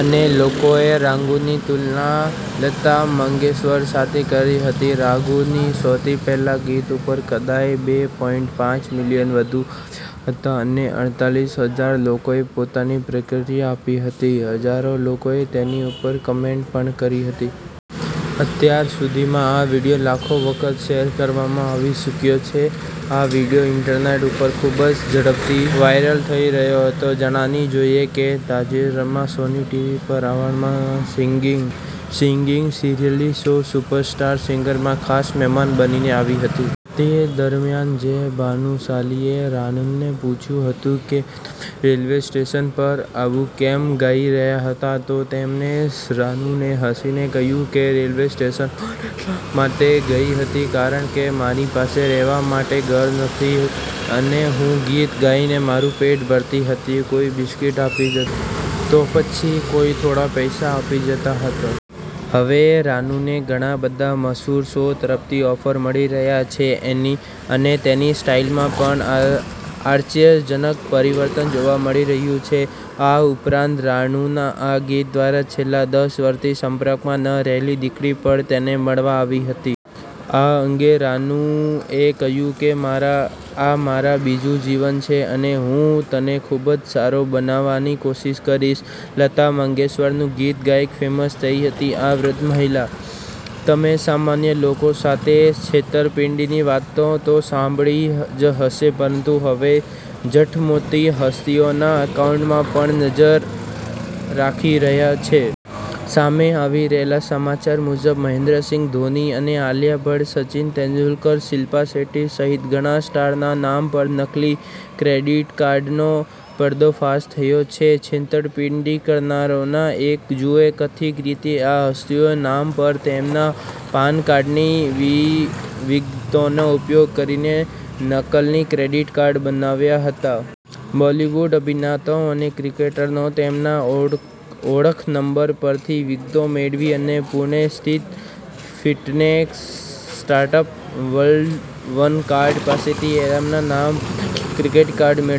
અને લોકોએ રાનુંની તુલના લતા મંગેશકર સાથે કરી હતી. રાનુના સૌથી પહેલા ગીત ઉપર કદાચ બે પોઈંટ પાંચ મિલિયન વ્યુ આવ્યા હતા અને અડતાલીસ હજાર લોકોએ પોતાની પ્રતિક્રિયા આપી હતી. હજારો લોકોએ તેની ઉપર કમેન્ટ પણ કરી હતી. અત્યાર સુધીમાં આ વીડિયો લાખો વખત શેર કરવામાં આવી ચૂક્યો છે. આ વીડિયો ઇન્ટરનેટ ઉપર ખૂબ જ ઝડપથી વાયરલ થઈ રહ્યો હતો. જણાવી દઈએ કે, તાજેતરમાં સોની ટીવી પર આવવા વાળા સિંગિંગ રિયાલિટી શો 'સુપરસ્ટાર સિંગર'માં ખાસ મહેમાન બનીને આવી હતી. તે દરમ્યાન જય ભાનુશાલીએ રાનુંને પૂછ્યું હતું કે, તમે રેલ્વે સ્ટેશન પર આવું કેમ ગાઇ રહ્યા હતા. તે સમયે રાનું એ હસીને કહ્યું હતું કે, હું રેલવે સ્ટેશન પર એટલા માટે ગઈ હતી કારણ કે મારી પાસે રહેવા માટે ઘર નથી અને હું ગીત ગાય ને મારું પેટ ભરતી હતી કોઈ બિસ્કીટ આપી જતું તો પછી કોઈ થોડા પૈસા આપી જતું હતું. હવે રાનુંને ઘણા બધા મશહૂર શો તરફથી ઓફર મળી રહી છે અને તેની સ્ટાઈલમાં પણ આશ્ચર્યજનક પરિવર્તન જોવા મળી રહયું છે. આ ઉપરાંત રાનુંના આ ગીત દ્વારા છેલ્લા દસ વર્ષથી સંપર્કમાં ન રહેલી દીકરી પણ તેને મળવા આવી હતી. આ અંગે રાનું એ કહ્યુ કે, આ મારુ બીજું જીવન છે અને હું તને ખુબજ સારો બનાવવાની કોશિશ કરીશ. લતા મંગેશકરનું ગીત ગાયને ફેમસ થઈ હતી આ વૃદ્ધ મહિલા. તમે સામાન્ય લોકો સાથે છેતરપિંડીની વાતો તો સાંભળી જ હશે, પરંતુ હવે ઠગ મોટી હસ્તીઓના એકાઉન્ટ પર પણ નજર રાખી રહ્યા છે. સામે આવી રહેલા સમાચાર મુજબ મહેન્દ્ર સિંહ ધોની, આલિયા ભટ્ટ, સચિન તેંડુલકર, શિપ્લા શેટ્ટી સહિત ઘણા સ્ટાર્સના નામ પર નકલી ક્રેડિટ કાર્ડનો પર્દાફાશ થયો છે. છેતરપિંડી કરનારાઓના એક જૂથે કથિત રીતે આ હસ્તીઓના નામ પર તેમના પાન કાર્ડની વિગતોનો ઉપયોગ કરીને નકલી ક્રેડિટ કાર્ડ બનાવ્યા હતા. બોલિવૂડ અભિનેતાઓ અને ક્રિકેટરોના તેમના ઓળખ નંબર પરથી વિગતો મેળવી અને પૂણે સ્થિત ફિનટેક સ્ટાર્ટઅપ 'વન કાર્ડ' પાસેથી તેમના નામે બનાવેલા ક્રેડિટ કાર્ડ મેળવ્યા.